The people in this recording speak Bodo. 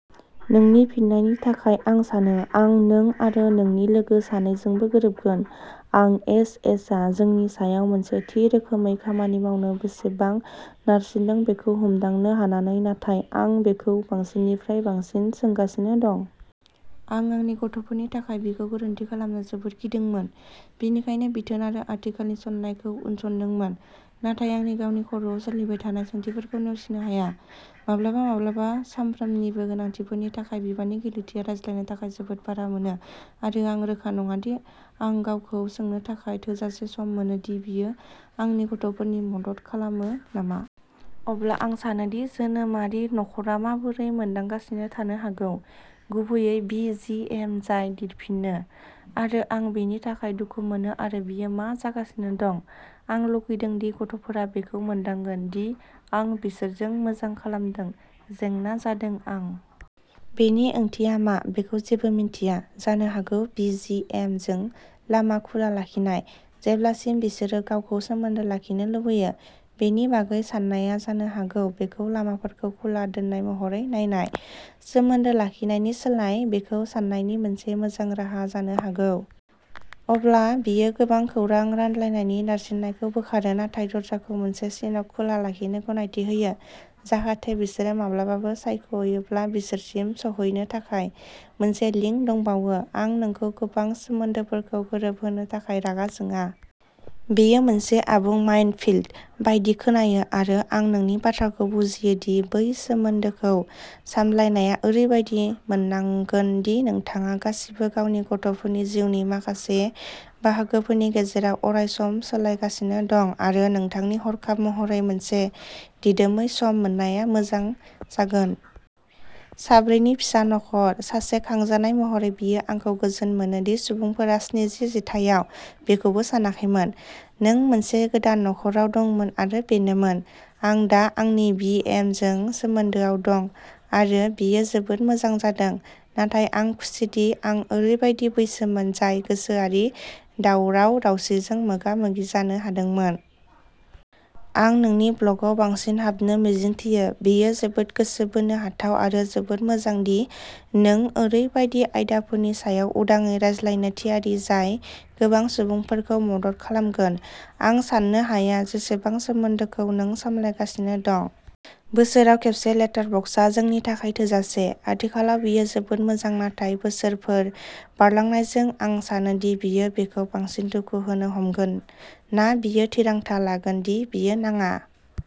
नोंनि फिनायनि थाखाय आं सानो, आं नों आरो नोंनि लोगो सानैजोंबो गोरोबगोन। आं एस एसआ जोंनि सायाव मोनसे थि रोखोमै खामानि मावनो बेसेबां नारसिनदों बेखौ हमदांनो हानानै नाथाय आं बेखौ बांसिननिफ्राय बांसिन सोंगासिनो दं। आं आंनि गथ'फोरनि थाखाय बेखौ गोरोन्थि खालामनो जोबोद गिदोंमोन, बेनिखायनो बिथोन आरो आथिखालनि साननायखौ उनसंदोंमोन, नाथाय आंनि गावनि खर'आव सोलिबाय थानाय सोंथिफोरखौ नेवसिनो हाया। माब्लाबा-माब्लाबा साफ्रोमनिबो गोनांथिफोरनि थाखाय बिबाननि गिलिरथिया रायज्लायनो थाखाय जोबोद बारा मोनो आरो आं रोखा नङा दि आं गावखौ सोंनो थाखाय थोजासे सम मोनो दि बेयो आंनि गथ'फोरनि मदद खालामो नामा। अब्ला आं सानो दि जोनोमारि नखरा माबोरै मोनदांगासिनो थानो हागौ, गुबैयै बि जि एम जाय लिरफिनो आरो आं बिनि थाखाय दुखु मोनो आरो बियो मा जागासिनो दं। आं लुगैदों दि गथ'फोरा बेखौ मोनदांगोन दि आं बिसोरजों मोजां खालामदों, जेंना जादों आं। बेनि ओंथिया मा बेखौ जेबो मिन्थिया। जानो हागौ बि जि एम जों लामा खुला लाखिनाय, जेब्लासिम बिसोर गावखौ सोमोन्दो लाखिनो लुबैयो। बेनि बागै साननाया जानो हागौ बेखौ लामाफोरखौ खुला दोननाय महरै नायनाय, सोमोन्दो लाखिनायनि सोलाय, बेखौ सान्नायनि मोनसे मोजां राहा जानो हागौ। अब्ला बेयो गोबां खौरां रानलायनायनि नारसिननायखौ बोखारो, नाथाय दरजाखौ मोनसे सिनक खुला लाखिनो गनायथि होयो, जाहाथे बिसोर माब्लाबाबो सायख'योब्ला बिसोरसिम सौहैनो थाखाय मोनसे लिंक दंबावो। आं नोंखौ गोबां सोमोन्दोफोरखौ गोरोबहोनो थाखाय रागा जोङा। बेयो मोनसे आबुं माइनफील्ड बायदि खोनायो आरो आं नोंनि बाथ्राखौ बुजियो दि बै सोमोन्दोखौ सामलायनाया ओरैबादि मोननांगोन दि नोंथाङा गासिबो गावनि गथ'फोरनि जिउनि माखासे बाहागोफोरनि गेजेराव अरायसम सोलायगासिनो दं आरो नोंथांनि हरखाब महरै मोनसे दिदोमै सम मोननाया मोजां जागोन। साब्रै नि फिसा नखर, सासे खांजानाय महरै बेयो आंखौ गोजोन मोनो दि सुबुंफोरा स्निजि जिथाइयाव बेखौबो सानाखैमोन। नों मोनसे गोदान नख'राव दंमोन आरो बेनोमोन। आं दा आंनि बि एम जों सोमोन्दोआव दं आरो बेयो जोबोद मोजां जादों, नाथाय आं खुसिदि आं ओरैबायदि बैसोमोन जाय गोसोआरि दावराव-दावसिजों मोगा-मोगि जानो हादोंमोन। आं नोंनि ब्लगआव बांसिन हाबनो मिजिंथियो, बेयो जोबोद गोसो बोनो हाथाव आरो जोबोद मोजां दि नों ओरैबायदि आयदाफोरनि सायाव उदाङै रायज्लायनो थियारि जाय गोबां सुबुंफोरखौ मदद खालामगोन। आं साननो हाया जेसेबां सोमोन्दोखौ नों सामलायगासिनो दं। बोसोराव खेबसे लेटारबक्सआ जोंनि थाखाय थोजासे। आथिखालाव बेयो जोबोद मोजां नाथाय बोसोरफोर बारलांनायजों आं सानो दि बेयो बिखौ बांसिन दुखु होनो हमगोन ना बियो थिरांथा लागोन दि बियो नाङा।